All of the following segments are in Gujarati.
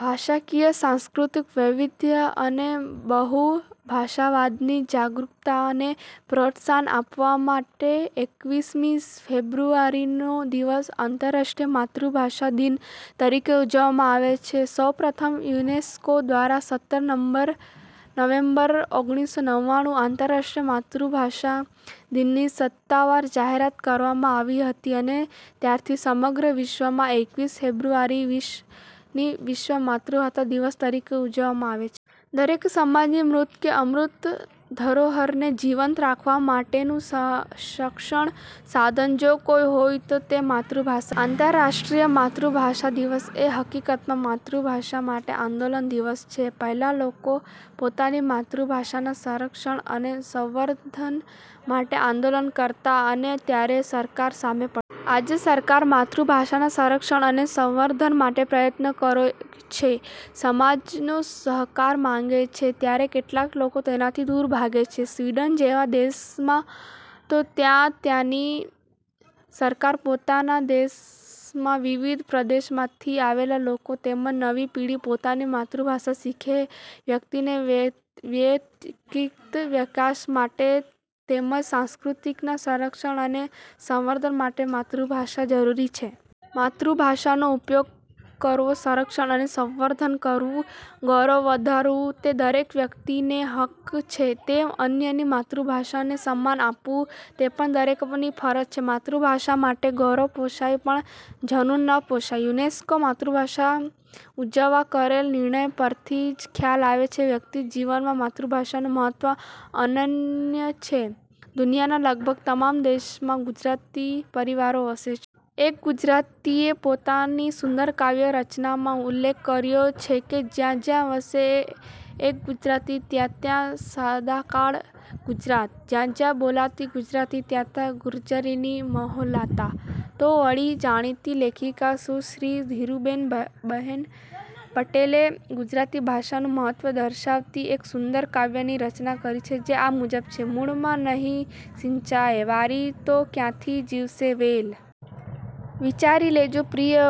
ભાષાકીય, સાંસ્કૃતિક વૈવિધ્ય અને બહુભાષાવાદની જાગૃતતાને પ્રોત્સાહન આપવા માટે એકવીસ મી ફેબ્રુઆરીનો દિવસ "આંતરરાષ્ટ્રીય માતૃભાષા દિન" તરીકે ઊજવવામાં આવે છે. સૌ પ્રથમ યુનેસ્કો દ્વારા સત્તર નવેમ્બર ઓગણીસો નવ્વાણું આંતરરાષ્ટ્રીય માતૃભાષા દિનની સત્તાવાર જાહેરાત કરવામાં આવી હતી અને ત્યારથી સમગ્ર વિશ્વમાં એકવીસ ફેબ્રુઆરીની 'વિશ્વ માતૃભાષા દિવસ' તરીકે ઉજવવામાં આવે છે. દરેક સમાજની મૂર્ત કે અમૂર્ત ધરોહરને જીવંત રાખવા માટેનું સક્ષણ સાધન જો કોઈ હોય તો તે માતૃભાષા છે. આંતરરાષ્ટ્રીય માતૃભાષા દિવસ એ હકીકતમાં માતૃભાષા માટે આંદોલન દિવસ છે. પહેલાં લોકો પોતાની માતૃભાષાના સંરક્ષણ અને સંવર્ધન માટે આંદોલન કરતાં અને ત્યારે સરકાર સામે પડતી. આજે સરકાર માતૃભાષાના સંરક્ષણ અને સંવર્ધન માટે પ્રયત્નો કરે છે. સમાજનો સહકાર માંગે છે ત્યારે કેટલાક લોકો તેનાથી દૂર ભાગે છે. સ્વિડન જેવા દેશમાં તો ત્યાંની સરકાર પોતાના દેશમાં વિવિધ પ્રદેશમાંથી આવેલા લોકો તેમ જ નવી પેઢી પોતાની માતૃભાષા શીખે વ્યક્તિને વેયક્તિક વિકાસ માટે તેમ જ સંસ્કૃતિના સંરક્ષણ અને સંવર્ધન માટે માતૃભાષા જરૂરી છે. માતૃભાષાનો ઉપયોગ કરવો, સંરક્ષણ અને સંવર્ધન કરવું, ગૌરવ વધારવું તે દરેક વ્યક્તિનો હક્ક છે, તો અન્યની માતૃભાષાને સન્માન આપવું તે પણ દરેકની ફરજ છે. માતૃભાષા માટે ગૌરવ પોષાય, પણ ઝનૂન ન પોષાય. યુનેસ્કોએ માતૃભાષાદિન ઉજવવા કરેલ નિર્ણય પરથી જ ખ્યાલ આવે છે કે, વ્યક્તિના જીવનમાં માતૃભાષાનું મહત્ત્વ અનન્ય છે દુનિયાનાં લગભગ તમામ દેશોમાં ગુજરાતી પરિવારો વસે છે. એક ગુજરાતીએ પોતાની સુંદર કાવ્ય રચનામાં ઉલ્લેખ કર્યો છે કે, જ્યાં જ્યાં વસે એક ગુજરાતી, ત્યાં ત્યાં સદાકાળ ગુજરાત.. જ્યાં જ્યાં બોલાતી ગુજરાતી, ત્યાં ત્યાં ગુર્જરીની મહોલાતા! તો વળી, જાણીતી લેખિકા સુશ્રી ધીરુબહેન પટેલે ગુજરાતી ભાષાનું મહત્ત્વ દર્શાવતી એક સુંદર કાવ્યની રચના કરી છે જે આ મુજબ છે: મૂળમાં નહીં સીંચાય વારિ તો ક્યાંથી જીવશે વેલ? વિચારી લેજો પ્રિય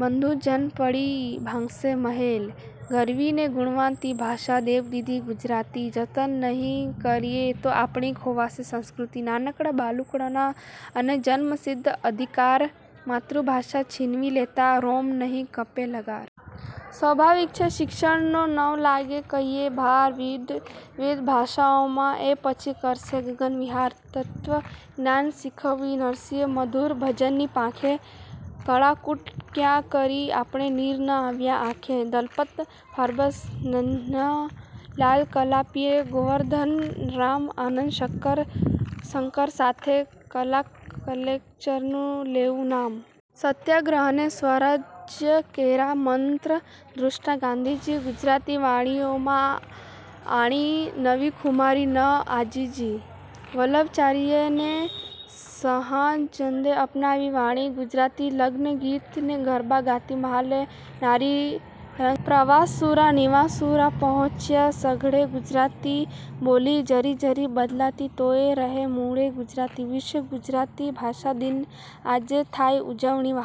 બંધુજન પડી ભાંગશે મહેલ, ગરવી ને ગુણવંતી ભાષા દેવ દીધી ગુજરાતી જતન નહીં કરીએ તો આપણી ખોવાશે સંસ્કૃતિ. નાનકડાં બાલુડાંનો છે એ જન્મસિદ્ધ અધિકાર માતૃભાષા છીનવી લેતાં રોમ નહીં કંપે લગાર? સ્વાભાવિક શિક્ષણનો નવ લાગે કંઈયે ભાર વિધવિધ ભાષાઓમાં એ પછી કરશે ગગનવિહાર. તત્ત્વજ્ઞાન શીખવ્યું નરસિંહે મધુર ભજનની પાંખે કડાકૂટ ક્યાં કરી આપણે નીર ન આવ્યાં આંખે. દલપત ફાર્બસ ન્હાનાલાલ કલાપી ને ગોવર્ધનરામ આનંદશંકર સાથે કાકા કાલેલકરનું લેવું નામ. સત્યાગ્રહ ને સ્વરાજ્ય કેરા મંત્રદૃષ્ટા ગાંધીજી ગુજરાતી વાણીમાં આણી નવી ખુમારી ન આજીજી. વલ્લભાચાર્ય ને સહજાનંદે અપનાવી વાણી ગુજરાતી લગ્નગીત ને ગરબા ગાતી મહાલે નારી રંગરાતી. પ્રવાસશૂરા નિવાસશૂરા પહોંચ્યા સઘળે ગુજરાતી બોલી જરી જરી બદલાતી તોયે રહી મૂળે ગુજરાતી. વિશ્વ ગુજરાતી ભાષા દિનની આજે થાય ઉજવણી વહાલી